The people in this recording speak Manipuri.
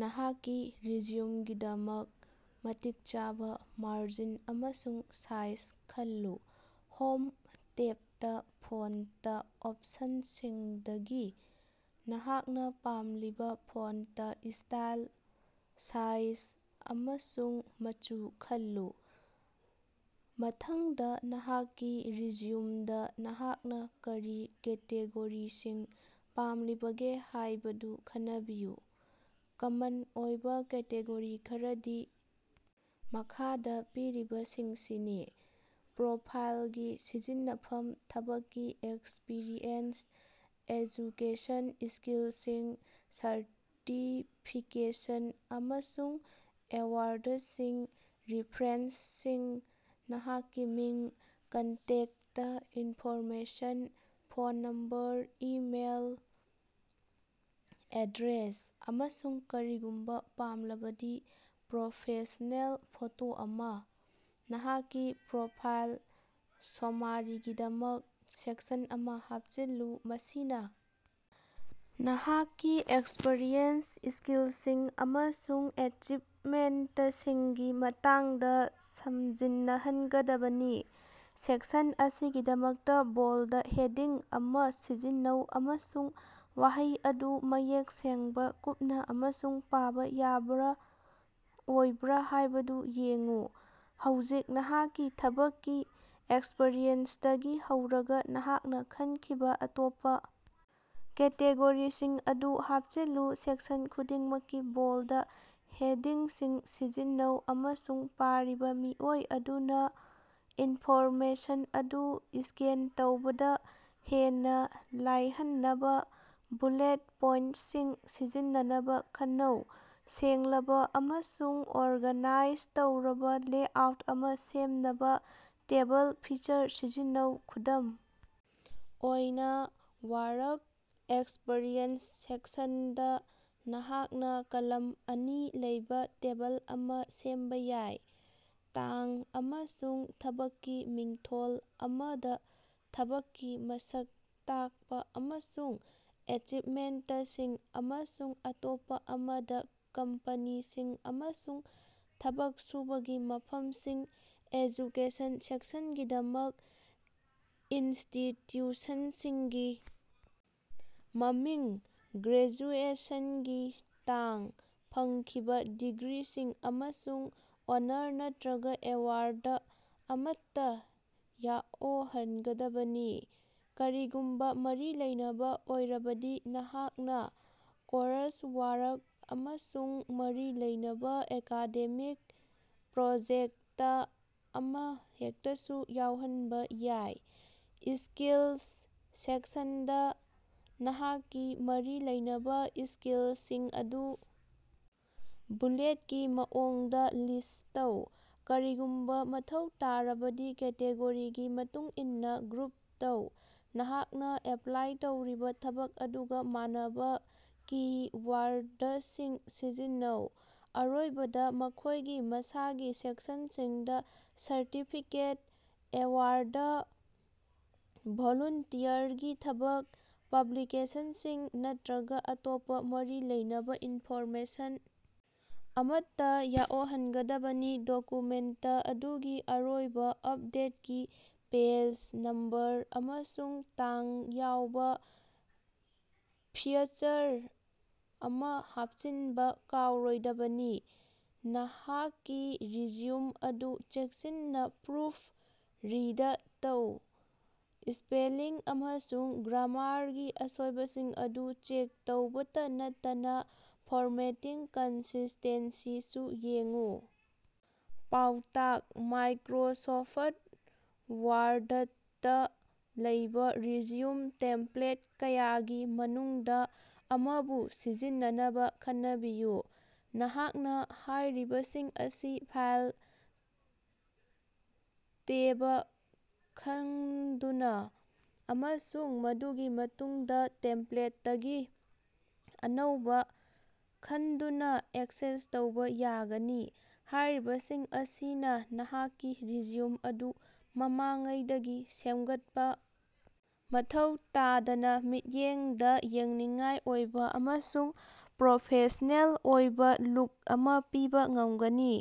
ꯅꯍꯥꯛꯀꯤ ꯔꯤꯖ꯭ꯌꯨꯝꯒꯤꯗꯃꯛ ꯃꯇꯤꯛ ꯆꯥꯕ ꯃꯥꯔꯖꯤꯟ ꯑꯃꯁꯨꯡ ꯁꯥꯏꯖ ꯈꯜꯂꯨ꯫ 'ꯍꯣꯝ' ꯇꯦꯞꯇ, ꯐꯣꯟꯇ ꯑꯣꯞꯁꯟꯁꯤꯡꯗꯒꯤ ꯅꯍꯥꯛꯅ ꯄꯥꯝꯂꯤꯕ ꯐꯣꯟꯇ ꯁ꯭ꯇꯥꯏꯜ, ꯁꯥꯏꯖ ꯑꯃꯁꯨꯡ ꯃꯆꯨ ꯈꯜꯂꯨ꯫ ꯃꯊꯪꯗ, ꯅꯍꯥꯛꯀꯤ ꯔꯤꯖ꯭ꯌꯨꯝꯗ ꯅꯍꯥꯛꯅ ꯀꯔꯤ ꯀꯦꯇꯦꯒꯣꯔꯤꯁꯤꯡ ꯄꯥꯝꯂꯤꯕꯒꯦ ꯍꯥꯢꯕꯗꯨ ꯈꯟꯅꯕꯤꯌꯨ꯫ ꯀꯃꯟ ꯑꯣꯏꯕ ꯀꯦꯇꯦꯒꯣꯔꯤ ꯈꯔꯗꯤ ꯃꯈꯥꯗ ꯄꯤꯔꯤꯕꯁꯤꯡꯁꯤꯅꯤ: ꯄ꯭ꯔꯣꯐꯥꯏꯜꯒꯤ ꯁꯝꯖꯤꯟꯅꯐꯝ ꯊꯕꯛꯀꯤ ꯑꯦꯛꯁꯄꯤꯔꯤꯑꯦꯟꯁ ꯑꯦꯖꯨꯀꯦꯁꯟ ꯁ꯭ꯀꯤꯜꯁꯤꯡ ꯁꯔꯇꯤꯐꯤꯀꯦꯁꯟ ꯑꯃꯁꯨꯡ ꯑꯦꯋꯥꯔꯗꯁꯤꯡ ꯔꯤꯐ꯭ꯔꯦꯟꯁꯁꯤꯡ ꯅꯍꯥꯛꯀꯤ ꯃꯤꯡ, contact information (phone number, email, address), ꯑꯃꯁꯨꯡ ꯀꯔꯤꯒꯨꯝꯕ ꯄꯥꯝꯂꯕꯗꯤ, ꯄ꯭ꯔꯣꯐꯦꯁ꯭ꯅꯦꯜ ꯐꯣꯇꯣ ꯑꯃ꯫ ꯅꯍꯥꯛꯀꯤ ꯄ꯭ꯔꯣꯐꯥꯏꯜ ꯁꯣꯃꯥꯔꯤꯒꯤꯗꯃꯛ ꯁꯦꯛꯁꯟ ꯑꯃ ꯍꯥꯞꯆꯤꯜꯂꯨ꯫ ꯃꯁꯤꯅ ꯅꯍꯥꯛꯀꯤ ꯑꯦꯛꯁꯄꯤꯔꯤꯌꯦꯟꯁ, ꯁ꯭ꯀꯤꯜꯁꯤꯡ ꯑꯃꯁꯨꯡ ꯑꯦꯆꯤꯞꯃꯦꯟꯇꯁꯤꯡꯒꯤ ꯃꯇꯥꯡꯗ ꯁꯝꯖꯤꯟꯅꯍꯟꯒꯗꯕꯅꯤ꯫ ꯁꯦꯛꯁꯟ ꯑꯁꯤꯒꯤꯗꯃꯛꯇ ꯕꯣꯜꯗ ꯍꯦꯗꯤꯡ ꯑꯃ ꯁꯤꯖꯤꯟꯅꯧ, ꯑꯃꯁꯨꯡ ꯋꯥꯍꯩ ꯑꯗꯨ ꯃꯌꯦꯛ ꯁꯦꯡꯕ, ꯀꯨꯞꯅ ꯑꯃꯁꯨꯡ ꯄꯥꯕ ꯌꯥꯕꯔ ꯑꯣꯏꯕ꯭ꯔ ꯍꯥꯢꯕꯗꯨ ꯌꯦꯡꯎ꯫ ꯍꯧꯖꯤꯛ ꯅꯍꯥꯛꯀꯤ ꯊꯕꯛꯀꯤ ꯑꯦꯛꯁꯄꯤꯔꯤꯌꯦꯟꯁꯇꯒꯤ ꯍꯧꯔꯒ ꯅꯍꯥꯛꯅ ꯈꯟꯈꯤꯕ ꯑꯇꯣꯞꯄ ꯀꯦꯇꯦꯒꯣꯔꯤꯁꯤꯡ ꯑꯗꯨ ꯍꯥꯞꯆꯤꯜꯂꯨ꯫ ꯁꯦꯛꯁꯟ ꯈꯨꯗꯤꯡꯃꯛꯀꯤ ꯕꯣꯜꯗ ꯍꯦꯗꯤꯡꯁꯤꯡ ꯁꯤꯖꯤꯟꯅꯧ, ꯑꯃꯁꯨꯡ ꯄꯥꯔꯤꯕ ꯃꯤꯑꯣꯏ ꯑꯗꯨꯅ ꯏꯟꯐꯣꯔꯃꯦꯁꯟ ꯑꯗꯨ ꯁ꯭ꯀꯦꯟ ꯇꯧꯕꯗ ꯍꯦꯟꯅ ꯂꯥꯢꯍꯟꯅꯕ ꯕꯨꯂꯦꯠ ꯄꯣꯏꯟꯇꯁꯤꯡ ꯁꯤꯖꯤꯟꯅꯅꯕ ꯈꯟꯅꯧ꯫ ꯁꯦꯡꯂꯕ ꯑꯃꯁꯨꯡ ꯑꯣꯔꯒꯥꯅꯥꯏꯖ ꯇꯧꯔꯕ ꯂꯦꯑꯥꯎꯠ ꯑꯃ ꯁꯦꯝꯅꯕ 'ꯇꯦꯕꯜ' ꯐꯤꯆꯔ ꯁꯤꯖꯤꯟꯅꯧ꯫ ꯈꯨꯗꯝ ꯑꯣꯏꯅ, 'ꯋꯥꯔꯛ ꯑꯦꯛꯁꯄꯤꯔꯤꯑꯦꯟꯁ' ꯁꯦꯛꯁꯟꯗ, ꯅꯍꯥꯛꯅ ꯀꯂꯝ ꯑꯅꯤ ꯂꯩꯕ ꯇꯦꯕꯜ ꯑꯃ ꯁꯦꯝꯕ ꯌꯥꯏ: ꯇꯥꯡ ꯑꯃꯁꯨꯡ ꯊꯕꯛꯀꯤ ꯃꯤꯡꯊꯣꯜ, ꯑꯃꯗ ꯊꯕꯛꯀꯤ ꯃꯁꯛ ꯇꯥꯛꯄ, ꯑꯃꯁꯨꯡ ꯑꯦꯆꯤꯞꯃꯦꯟꯇꯁꯤꯡ, ꯑꯃꯁꯨꯡ ꯑꯇꯣꯞꯄ ꯑꯃꯗ ꯀꯝꯄꯅꯤꯁꯤꯡ ꯑꯃꯁꯨꯡ ꯊꯕꯛ ꯁꯨꯕꯒꯤ ꯃꯐꯝꯁꯤꯡ꯫ 'ꯑꯦꯖꯨꯀꯦꯁꯟ' ꯁꯦꯛꯁꯟꯒꯤꯗꯃꯛ, ꯏꯟꯁꯇꯤꯇ꯭ꯌꯨꯁꯟꯁꯤꯡꯒꯤ ꯃꯃꯤꯡ, ꯒ꯭ꯔꯦꯖꯨꯑꯦꯁꯟꯒꯤ ꯇꯥꯡ, ꯐꯪꯈꯤꯕ ꯗꯤꯒ꯭ꯔꯤꯁꯤꯡ, ꯑꯃꯁꯨꯡ ꯑꯣꯅꯔ ꯅꯇ꯭ꯔꯒ ꯑꯦꯋꯥꯔꯗ ꯑꯃꯠꯇ ꯌꯥꯑꯣꯍꯟꯒꯗꯕꯅꯤ꯫ ꯀꯔꯤꯒꯨꯝꯕ ꯃꯔꯤ ꯂꯩꯅꯕ ꯑꯣꯏꯔꯕꯗꯤ, ꯅꯍꯥꯛꯅ ꯀꯣꯔꯁꯋꯥꯔꯛ ꯑꯃꯁꯨꯡ ꯃꯔꯤ ꯂꯩꯅꯕ ꯑꯦꯀꯥꯗꯦꯃꯤꯛ ꯄ꯭ꯔꯣꯖꯦꯛꯇ ꯑꯃ ꯍꯦꯛꯇꯁꯨ ꯌꯥꯎꯍꯟꯕ ꯌꯥꯏ꯫ 'ꯁ꯭ꯀꯤꯜꯁ' ꯁꯦꯛꯁꯟꯗ, ꯅꯍꯥꯛꯀꯤ ꯃꯔꯤ ꯂꯩꯅꯕ ꯁ꯭ꯀꯤꯜꯁꯤꯡ ꯑꯗꯨ ꯕꯨꯂꯦꯠꯀꯤ ꯃꯑꯣꯡꯗ ꯂꯤꯁ꯭ꯠ ꯇꯧ, ꯀꯔꯤꯒꯨꯝꯕ ꯃꯊꯧ ꯇꯥꯔꯕꯗꯤ ꯀꯦꯇꯦꯒꯣꯔꯤꯒꯤ ꯃꯇꯨꯡꯏꯟꯅ ꯒ꯭ꯔꯨꯞ ꯇꯧ꯫ ꯅꯍꯥꯛꯅ ꯑꯦꯄ꯭ꯂꯥꯏ ꯇꯧꯔꯤꯕ ꯊꯕꯛ ꯑꯗꯨꯒ ꯃꯥꯟꯅꯕ ꯀꯤ-ꯋꯥꯔꯗꯁꯤꯡ ꯁꯤꯖꯤꯟꯅꯧ꯫ ꯑꯔꯣꯏꯕꯗ, ꯃꯈꯣꯢꯒꯤ ꯃꯁꯥꯒꯤ ꯁꯦꯛꯁꯟꯁꯤꯡꯗ ꯁꯔꯇꯤꯐꯤꯀꯦꯠ, ꯑꯦꯋꯥꯔꯗ, ꯚꯣꯂꯨꯟꯇꯤꯌꯔꯒꯤ ꯊꯕꯛ, ꯄꯕ꯭ꯂꯤꯀꯦꯁꯟꯁꯤꯡ, ꯅꯠꯇ꯭ꯔꯒ ꯑꯇꯣꯞꯄ ꯃꯔꯤ ꯂꯩꯅꯕ ꯏꯟꯐꯣꯔꯃꯦꯁꯟ ꯑꯃꯠꯇ ꯌꯥꯑꯣꯍꯟꯒꯗꯕꯅꯤ꯫ ꯗꯣꯛꯀꯨꯃꯦꯟꯇ ꯑꯗꯨꯒꯤ ꯑꯔꯣꯏꯕ ꯑꯞꯗꯦꯠꯀꯤ ꯄꯦꯖ ꯅꯝꯕꯔ ꯑꯃꯁꯨꯡ ꯇꯥꯡ ꯌꯥꯎꯕ ꯐ꯭ꯌꯆꯔ ꯑꯃ ꯍꯥꯞꯆꯤꯟꯕ ꯀꯥꯎꯔꯣꯏꯗꯕꯅꯤ꯫ ꯅꯍꯥꯛꯀꯤ ꯔꯤꯖ꯭ꯌꯨꯝ ꯑꯗꯨ ꯆꯦꯛꯁꯤꯟꯅ ꯄ꯭ꯔꯨꯐ ꯔꯤꯗ ꯇꯧ, ꯁ꯭ꯄꯦꯂꯤꯡ ꯑꯃꯁꯨꯡ ꯒ꯭ꯔꯥꯃꯥꯔꯒꯤ ꯑꯁꯣꯏꯕꯁꯤꯡ ꯑꯗꯨ ꯆꯦꯛ ꯇꯧꯕꯇ ꯅꯠꯇꯅ ꯐꯣꯔꯃꯦꯇꯤꯡ ꯀꯟꯁꯤꯁ꯭ꯇꯦꯟꯁꯤꯁꯨ ꯌꯦꯡꯎ꯫ ꯄꯥꯎꯇꯥꯛ: ꯃꯥꯏꯀ꯭ꯔꯣꯁꯣꯐꯠ ꯋꯥꯔꯗꯇ ꯂꯩꯕꯥ ꯔꯤꯖ꯭ꯌꯨꯝ ꯇꯦꯝꯄ꯭ꯂꯦꯠ ꯀꯌꯥꯒꯤ ꯃꯅꯨꯡꯗ ꯑꯃꯕꯨ ꯁꯤꯖꯤꯟꯅꯅꯕ ꯈꯟꯅꯕꯤꯌꯨ꯫ ꯅꯍꯥꯛꯅ ꯍꯥꯌꯔꯤꯕꯁꯤꯡ ꯑꯁꯤ 'ꯐꯥꯏꯜ' ꯇꯦꯕ ꯈꯪꯗꯨꯅ ꯑꯃꯁꯨꯡ ꯃꯗꯨꯒꯤ ꯃꯇꯨꯡꯗ 'ꯇꯦꯝꯄ꯭ꯂꯦꯠꯇꯒꯤ ꯑꯅꯧꯕ' ꯈꯟꯗꯨꯅ ꯑꯦꯛꯁꯦꯁ ꯇꯧꯕ ꯌꯥꯒꯅꯤ꯫ ꯍꯥꯌꯔꯤꯕꯁꯤꯡ ꯑꯁꯤꯅ ꯅꯍꯥꯛꯀꯤ ꯔꯤꯖ꯭ꯌꯨꯝ ꯑꯗꯨ ꯃꯃꯥꯡꯉꯩꯗꯒꯤ ꯁꯦꯝꯒꯠꯄ ꯃꯊꯧ ꯇꯥꯗꯅ ꯃꯤꯠꯌꯦꯡꯗ ꯌꯦꯡꯅꯤꯡꯉꯥꯏ ꯑꯣꯏꯕ ꯑꯃꯁꯨꯡ ꯄ꯭ꯔꯣꯐꯦꯁ꯭ꯅꯦꯜ ꯑꯣꯏꯕ ꯂꯨꯛ ꯑꯃ ꯄꯤꯕ ꯉꯝꯒꯅꯤ꯫"